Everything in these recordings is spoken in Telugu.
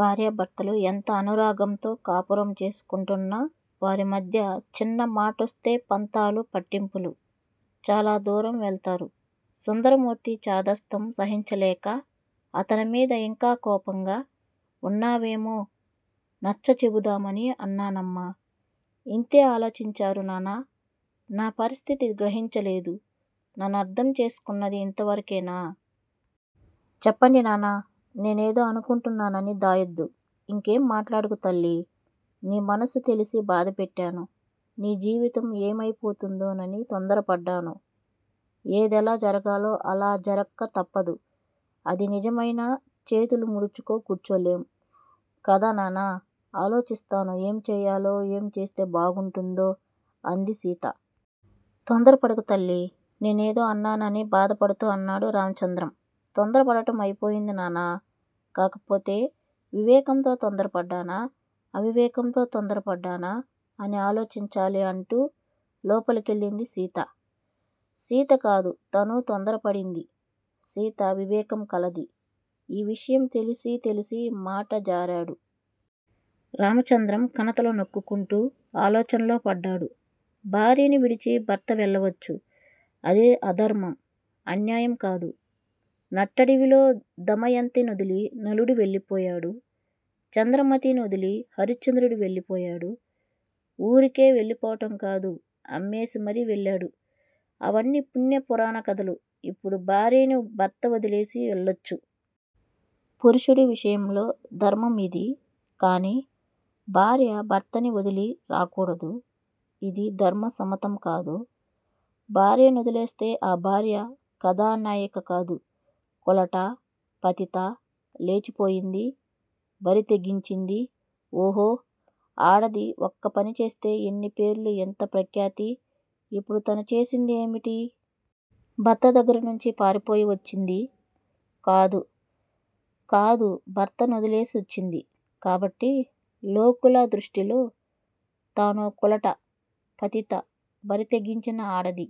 భార్య భర్తలు ఎంత అనురాగంతో కాపురం చేసుకుంటున్నా వారి మధ్య చిన్న మాటొస్తే పంతాలు పట్టింపులు, చాలా దూరం వెళతారు. సుందరమూర్తి చాదస్తం సహించలేక అతని మీద ఇంకా కోపంగా వున్నావేమో నచ్చచెబుదామని అన్నానమ్మా ఇంతే ఆలోచించారు నాన్నా! నా పరిస్థితి గ్రహించ లేదు, నన్నర్ధం చేసుకున్నది ఇంతవరకేనా? చెప్పండి నాన్నా! నేనేదో అనుకుంటున్నానని దాయోద్దు. ఇంకేం మాట్లాడకు తల్లి! నీ మనసు తెలిసి బాధపెట్టాను. నీ జీవితం ఏమయిపోతుందోనని తొందర పడ్డాను. ఏదెలా జరగాలో అలా జరక్క తప్పదు. అది నిజమైనా చేతులు ముడుచుకు కూర్చోలేం కదా నాన్నా? ఆలోచిస్తాను ఏం చేయాలో ఏం చేస్తే బాగుంటుందో అంది సీత. తొందరపడకు తల్లి! నేనేదో అన్నానని బాధపడుతూ అన్నాడు రామచంద్రం. తొందర పడటం అయిపోయింది నాన్నా! కాకపోతే వివేకంతో తొందరపడ్డానా! అవివేకంతో తొందర పడ్డానా? అని ఆలోచించాలి అంటూ లోపలికెళ్ళింది సీత. సీత కాదు తనూ తొందర పడింది. సీత వివేకం కలది. ఈ విషయం తెలిసి తెలిసి మాట జారాడు. రామచంద్రం కణతలు నొక్కుకుంటూ ఆలోచనలో పడ్డాడు. భార్యని విడిచి భర్త వెళ్ళవచ్చు. అది అధర్మం, అన్యాయం కాదు. నట్టడివిలో దమయంతినొదిలి నలుడు వెళ్ళిపోయాడు. చంద్రమతిని నొదిలి హరిశ్చంద్రుడు వెళ్ళిపోయాడు. ఊరికే వెళ్ళిపోటం కాదు, అమ్మేసి మరీ వెళ్ళాడు. అవన్నీ పుణ్య పురాణ కధలు. ఇప్పుడు భార్యని భర్త వదిలేసి వెళ్ళొచ్చు. పురుషుడి విషయంలో ధర్మంయిది. కానీ భార్య భర్తని వదలి రాకూడదు. ఇది ధర్మ సమ్మతం కాదు. భార్య నొదిలేస్తే ఆ భార్య కధానాయిక కాదు కులట, పతిత, లేచిపోయింది, బరితెగించింది ఓహో! ఆడది ఒక్కపని చేస్తే ఎన్ని పేర్లు ఎంత ప్రఖ్యాతి ఇప్పుడు తను చేసింది ఏమిటి? భర్త దగ్గిరనుంచి పారిపోయి వచ్చింది. కాదు కాదు భర్త నొదిలేసి వచ్చింది, కాబట్టి లోకుల దృష్టిలో తానో కులట, పతిత, బరితెగించిన ఆడది,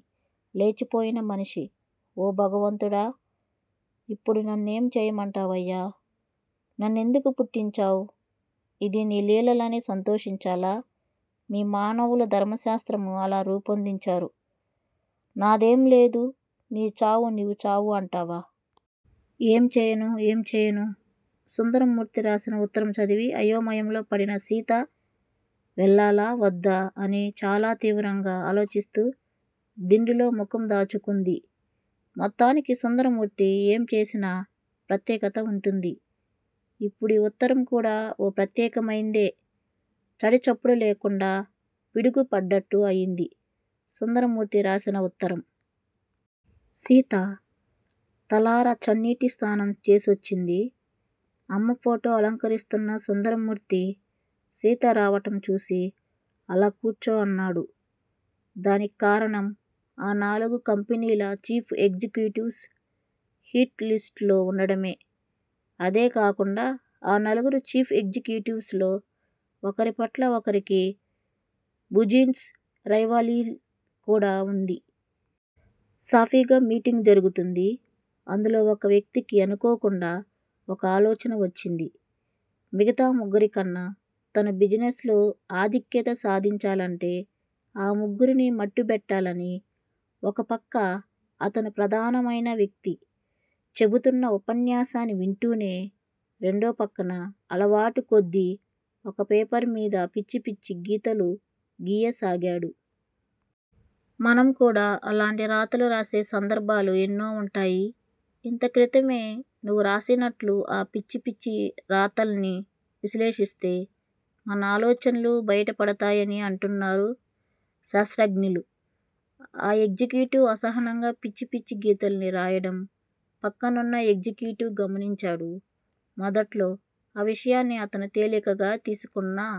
లేచిపోయిన మనిషి. ఓ భగవంతుడా! ఇప్పుడు నన్నేం చేయమంటావయ్యా? నన్నెందుకు పుట్టించావ్, ఇది నీ లీలలని సంతోషించాలా? మీ మానవులు ధర్మ శాస్రం అలా రూపొందించారు నాదేం లేదు నీ చావు నీవు చావు అంటావా! ఏం చేయను? ఏం చేయను? సుందరమూర్తి రాశిన ఉత్తరం చదివి అయోమయంలో పడిన సీత వెళ్ళాలా! వద్దా అని చాలా తీవ్రంగా ఆలోచిస్తూ దిండులో ముఖం దాచుకుంది. మొత్తానికి సుందరమూర్తి ఏం చేసినా ప్రత్యేకత వుంటుంది. ఇప్పుడి ఉత్తరం కూడా ఓ ప్రత్యేకమైందే. చడిచప్పుడు లేకుండా పిడుగు పడ్డట్టు అయింది సుందరమూర్తి రాసిన ఉత్తరం. సీత తలరా చన్నీటి స్నానం చేసోచ్చింది. అమ్మ ఫోటో అలంకరిస్తున్న సుందరమూర్తి సీత రావటం చూసి అలా కూర్చో అన్నాడు. దానిక్కారణం ఆ నాలుగు కంపెనీల చీఫ్ ఎగ్జిక్యూటివ్స్ హిట్ లిస్టు లో వుండడమే. అదే కాకుండా ఆ నలుగురు చీఫ్ ఎగ్జిక్యూటివ్స్ లో ఒకరిపట్ల ఒకరికి బుజిన్స్ రైవలీ కూడా వుంది. సాఫీగా మీటింగ్ జరుగుతోంది. అందులో ఒక వ్యక్తికీ అనుకోకుండా ఒక ఆలోచన వచ్చింది. మిగతా ముగ్గురి కన్నా తను బిజినెస్ లో ఆధిక్యత సాదించాలంటే ఆ ముగ్గుర్నీ మట్టుబెట్టాలని. ఒక పక్క అతను ప్రధానమైన వ్యక్తి చెబుతున్న ఉపన్యాసాన్ని వింటూనే, రేండో పక్కన అలవాటుకొద్దీ ఒక పేపర్ మీద పిచ్చి పిచ్చి గీతాలు గీయసాగాడు. మనం కూడా అలాంటి రాతలు రాసే సందర్భాలు ఎన్నో వుంటాయి. ఇంత క్రితమే నువ్వు రాసినట్లు. ఆ పిచ్చి పిచ్చి రాతల్ని విశ్లేషిస్తే మన ఆలోచనలు బయటపడతాయని అంటున్నారు శాశ్రజ్ఞలు. ఆ ఎగ్జిక్యూటివ్ అసహనంగా పిచ్చి పిచ్చి గీతల్ని రాయడం పక్కనున్న ఎగ్జిక్యూటివ్ గమనించాడు. మొదట్లో ఆ విషయాన్ని అతను తీలికగా తీసుకున్నా